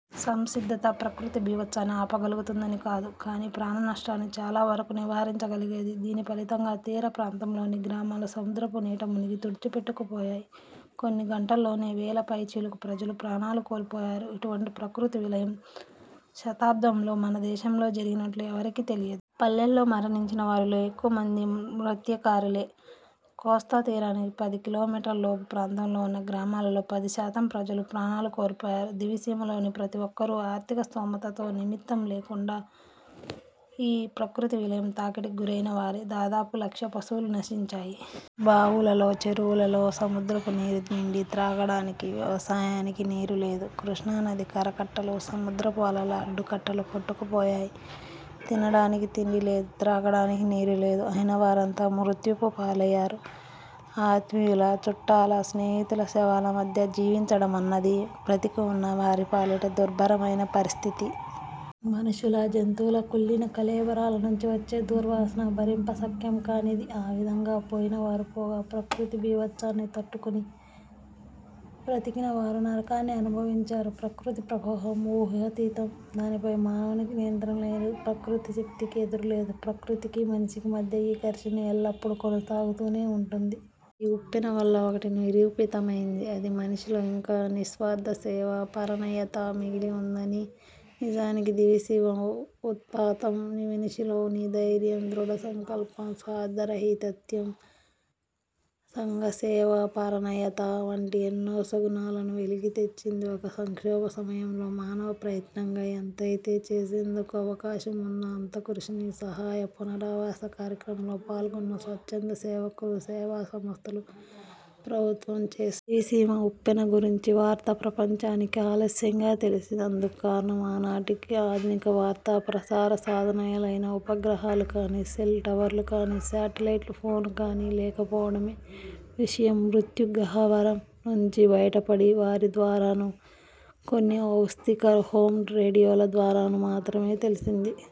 సంసిద్ధత ప్రకృతి భీభత్సాన్ని ఆపగలుగుతుందని కాదు, కానీ ప్రాణనష్టాన్ని చాలా వరకూ నివారించగలిగేది. దీని ఫలితంగా తీర ప్రాంతంలోని గ్రామాలు సముద్రపు నీటమునిగి తుడిచిపెట్టుకుపోయాయి. కొన్ని గంటల్లోనే వేల పైచిలుకు ప్రజలు ప్రాణాలు కోల్పోయారు. ఇటువంటి ప్రకృతి విలయం శతాబ్దంలో మనదేశంలో జరిగినట్లు ఎవరికీ తెలియదు. పల్లెల్లో మరణించిన వారిలో ఎక్కువ మంది మత్స్యకారులే. కోస్తాతీరానికి పది కిలోమీటర్ల లోపు ప్రాంతంలో ఉన్న గ్రామాల్లో పది శాతం ప్రజలు ప్రాణాలు కోల్పోయారు. దివిసీమలోని ప్రతి ఒక్కరూ, ఆర్థిక స్తోమతతో నిమిత్తం లేకుండా, ఈ ప్రకృతి విలయం తాకిడికి గురైనవారే. దాదాపు లక్ష పశువులు నశించాయి. బావులలో, చెరువులలో సముద్రపు నీరు నిండి, త్రాగటానికి, వ్యవసాయానికి నీరులేదు. కృష్ణానది కరకట్టలు, సముద్రపు అలల అడ్డుకట్టలు కొట్టుకుపోయాయి. తినడానికి తిండి లేదు. త్రాగటానికి నీరు లేదు. అయినవారంతా మృత్యువు పాలైనారు. ఆత్మీయుల, చుట్టాల, స్నేహితుల శవాల మధ్య జీవించడమన్నది బ్రతికి ఉన్నవారి పాలిటి దుర్భరమైన పరిస్థితి. మనుషుల, జంతువుల కుళ్ళిన కళేబరాల నుంచి వచ్చే దుర్వాసన భరింపశక్యం కానిది. ఆ విధంగా పోయినవారు పోగా ప్రకృతి భీభత్సాన్ని తట్టుకుని బ్రతికిన వారు నరకాన్ని అనుభవించారు. ప్రకృతి ప్రకోపం ఊహాతీతం. దానిపై మానవునికి నియంత్రణ లేదు. ప్రకృతి శక్తికి ఎదురులేదు. ప్రకృతికి – మనిషికి మధ్య ఈ సంఘర్షణ ఎల్లప్పుడూ కొనసాగుతూనే ఉంటుంది. ఈ ఉప్పెన వల్ల ఒకటి నిరూపితమైంది. అది – మనిషిలో ఇంకా నిస్వార్థ సేవా పరాయణత మిగిలి ఉందని. నిజానికి దివిసీమ ఉత్పాతం మనిషిలోని ధైర్యం, దృఢసంకల్పం, స్వార్థ రాహిత్యం, సంఘసేవాపరాయణత వంటి ఎన్నో సుగుణాలను వెలికి తెచ్చింది. ఒక సంక్షోభ సమయంలో మానవ ప్రయత్నంగా ఎంతైతే చేసేందుకు అవకాశముందో, అంత కృషిని సహాయ పునరావాస కార్యక్రమంలో పాల్గొన్న స్వచ్ఛంద సేవకులు, సేవా సంస్థలు, ప్రభుత్వం చేశాయి. దివిసీమ ఉప్పెన గురించిన వార్త ప్రపంచానికి ఆలస్యంగా తెలిసింది. అందుకు కారణం ఆనాటికి ఆధునిక వార్తా ప్రసార సాధనాలైన ఉపగ్రహాలు కానీ, సెల్ టవర్లు కానీ, శాటిలైట్ ఫోన్లు కానీ లేకపోవడమే. విషయం, మృత్యు గహ్వరం నుంచి బయటపడిన వారి ద్వారానూ, కొన్ని ఔత్సాహిక హామ్ రేడియోల ద్వారానూ మాత్రమే తెలిసింది.